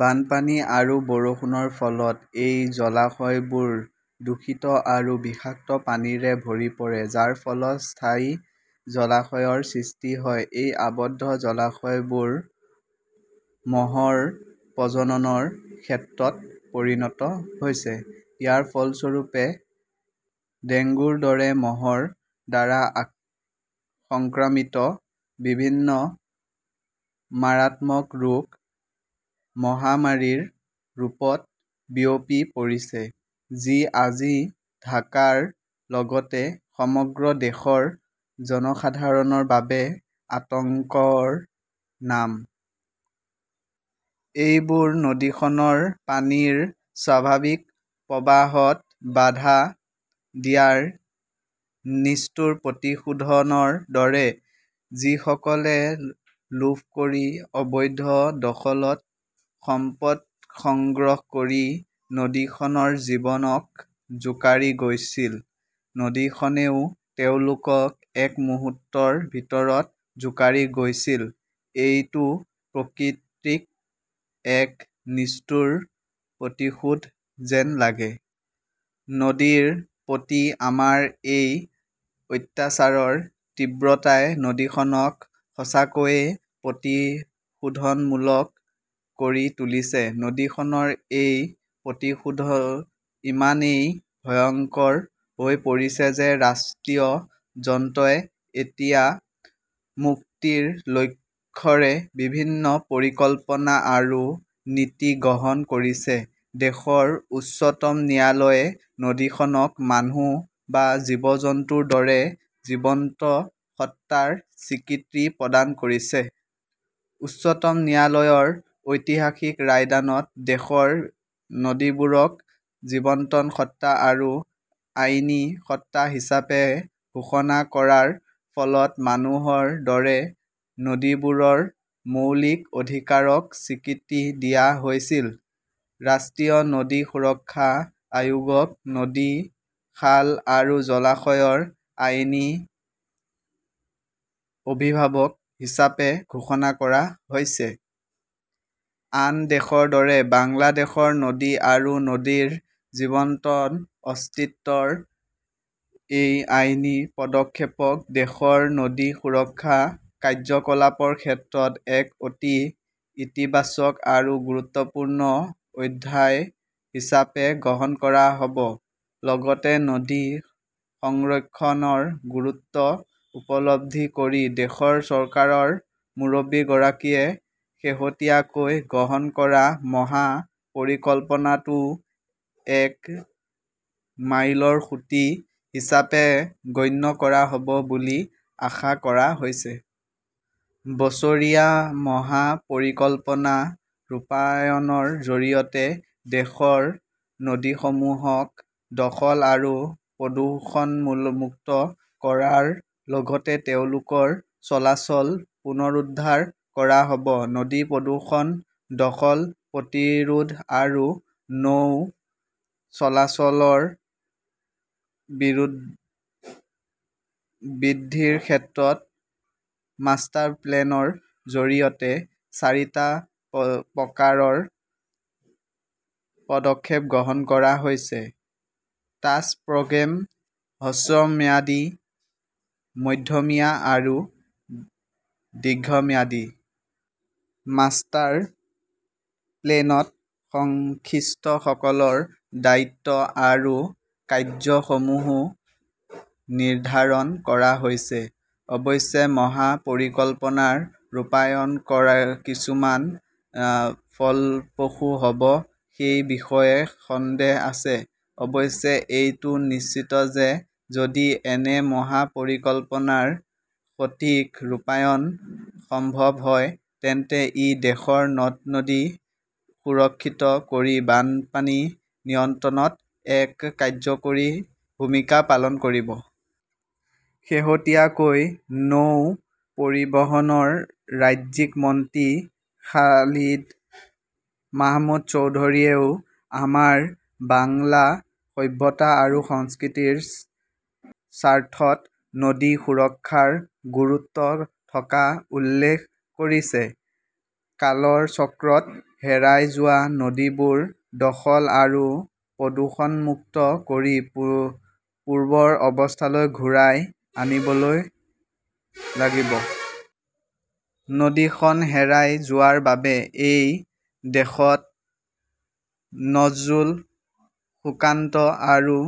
বানপানী আৰু বৰষুণৰ ফলত এই জলাশয়বোৰ দূষিত আৰু বিষাক্ত পানীৰে ভৰি পৰে, যাৰ ফলত স্থায়ী জলাশয়ৰ সৃষ্টি হয়। এই আবদ্ধ জলাশয়বোৰ মহৰ প্ৰজননৰ ক্ষেত্ৰত পৰিণত হৈছে। ইয়াৰ ফলস্বৰূপে, ডেংগুৰ দৰে মহৰ দ্বাৰা সংক্ৰমিত বিভিন্ন মাৰাত্মক ৰোগ মহামাৰীৰ ৰূপত বিয়পি পৰিছে, যি আজি ঢাকাৰ লগতে সমগ্ৰ দেশৰ জনসাধাৰণৰ বাবে আতংকৰ নাম। এইবোৰ নদীখনৰ পানীৰ স্বাভাৱিক প্ৰবাহত বাধা দিয়াৰ নিষ্ঠুৰ প্ৰতিশোধৰ দৰে। যিসকলে লোভ কৰি অবৈধ দখলত সম্পদ সংগ্ৰহ কৰি নদীখনৰ জীৱনক জোকাৰি গৈছিল, নদীখনেও তেওঁলোকক এক মুহূৰ্তৰ ভিতৰত জোকাৰি গৈছিল। এইটো প্ৰকৃতিৰ এক নিষ্ঠুৰ প্ৰতিশোধ যেন লাগে। নদীৰ প্ৰতি আমাৰ এই অত্যাচাৰৰ তীব্ৰতাই নদীখনক সঁচাকৈয়ে প্ৰতিশোধনমূলক কৰি তুলিছে। নদীখনৰ এই প্ৰতিশোধ ইমানেই ভয়ংকৰ হৈ পৰিছে যে ৰাষ্ট্ৰীয় যন্ত্ৰই এতিয়া মুক্তিৰ লক্ষ্যৰে বিভিন্ন পৰিকল্পনা আৰু নীতি গ্ৰহণ কৰিছে। দেশৰ উচ্চতম ন্যায়ালয়ে নদীখনক মানুহ বা জীৱ-জন্তুৰ দৰে জীৱন্ত সত্তাৰ স্বীকৃতি প্ৰদান কৰিছে। উচ্চতম ন্যায়ালয়ৰ ঐতিহাসিক ৰায়দানত দেশৰ নদীবোৰক জীৱন্ত সত্তা আৰু আইনী সত্তা হিচাপে ঘোষণা কৰাৰ ফলত মানুহৰ দৰে নদীবোৰৰ মৌলিক অধিকাৰক স্বীকৃতি দিয়া হৈছিল। ৰাষ্ট্ৰীয় নদী সুৰক্ষা আয়োগক নদী, খাল আৰু জলাশয়ৰ আইনী অভিভাৱক হিচাপে ঘোষণা কৰা হৈছে। আন দেশৰ দৰে বাংলাদেশৰ নদী আৰু নদীৰ জীৱন্ত অস্তিত্বৰ এই আইনী পদক্ষেপক দেশৰ নদী সুৰক্ষা কাৰ্যকলাপৰ ক্ষেত্ৰত এক অতি ইতিবাচক আৰু গুৰুত্বপূৰ্ণ অধ্যায় হিচাপে গ্ৰহণ কৰা হ'ব। লগতে নদী সংৰক্ষণৰ গুৰুত্ব উপলব্ধি কৰি দেশৰ চৰকাৰৰ মুৰব্বীগৰাকীয়ে শেহতীয়াকৈ গ্ৰহণ কৰা মহা পৰিকল্পনাটোও এক মাইলৰ খুঁটি হিচাপে গণ্য কৰা হ'ব বুলি আশা কৰা হৈছে। বছৰীয়া মহা পৰিকল্পনা ৰূপায়ণৰ জৰিয়তে দেশৰ নদীসমূহক দখল আৰু প্ৰদূষণমুক্ত কৰাৰ লগতে তেওঁলোকৰ চলাচল পুনৰুদ্ধাৰ কৰা হ'ব। নদী প্ৰদূষণ, দখল প্ৰতিৰোধ আৰু নৌ চলাচল বৃদ্ধিৰ ক্ষেত্ৰত মাষ্টাৰপ্লেনৰ জৰিয়তে চাৰিটা প্ৰকাৰৰ পদক্ষেপ গ্ৰহণ কৰা হৈছেঃ ক্ৰাছ প্ৰগ্ৰেম, হ্ৰস্বম্যাদী, মধ্যমীয়া আৰু দীৰ্ঘম্যাদী। মাষ্টাৰ প্লেনত সংশ্লিষ্টসকলৰ দায়িত্ব আৰু কাৰ্য্যসমূহও নিৰ্ধাৰণ কৰা হৈছে। অৱশ্যে মহা পৰিকল্পনাৰ ৰূপায়ণ কিমান ফলপ্ৰসূ হ'ব সেই বিষয়ে সন্দেহ আছে। অৱশ্যে, এইটো নিশ্চিত যে যদি এনে মহা পৰিকল্পনাৰ সঠিক ৰূপায়ণ সম্ভৱ হয়, তেন্তে ই দেশৰ নদ-নদী সুৰক্ষিত কৰি বানপানী নিয়ন্ত্ৰণত এক কাৰ্যকৰী ভূমিকা পালন কৰিব। শেহতীয়াকৈ নৌ পৰিবহণৰ ৰাজ্যিক মন্ত্ৰী খালিদ মাহমুদ চৌধুৰীয়েও আমাৰ বাংলা সভ্যতা আৰু সংস্কৃতিৰ স্বাৰ্থত নদী সুৰক্ষাৰ গুৰুত্বৰ কথা উল্লেখ কৰিছে। "কালৰ চক্ৰত হেৰাই যোৱা নদীবোৰ দখল আৰু প্ৰদূষণমুক্ত কৰি পূৰ্বৰ অৱস্থালৈ ঘূৰাই আনিব লাগিব"। নদীখন হেৰাই যোৱাৰ বাবে এই দেশত নজৰুল, সুকান্ত আৰু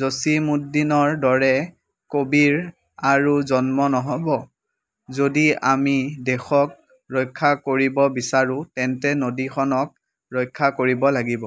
জছিমুদ্দিনৰ দৰে কবিৰ আৰু জন্ম নহ'ব। যদি আমি দেশক ৰক্ষা কৰিব বিচাৰো তেন্তে নদীখনক ৰক্ষা কৰিব লাগিব।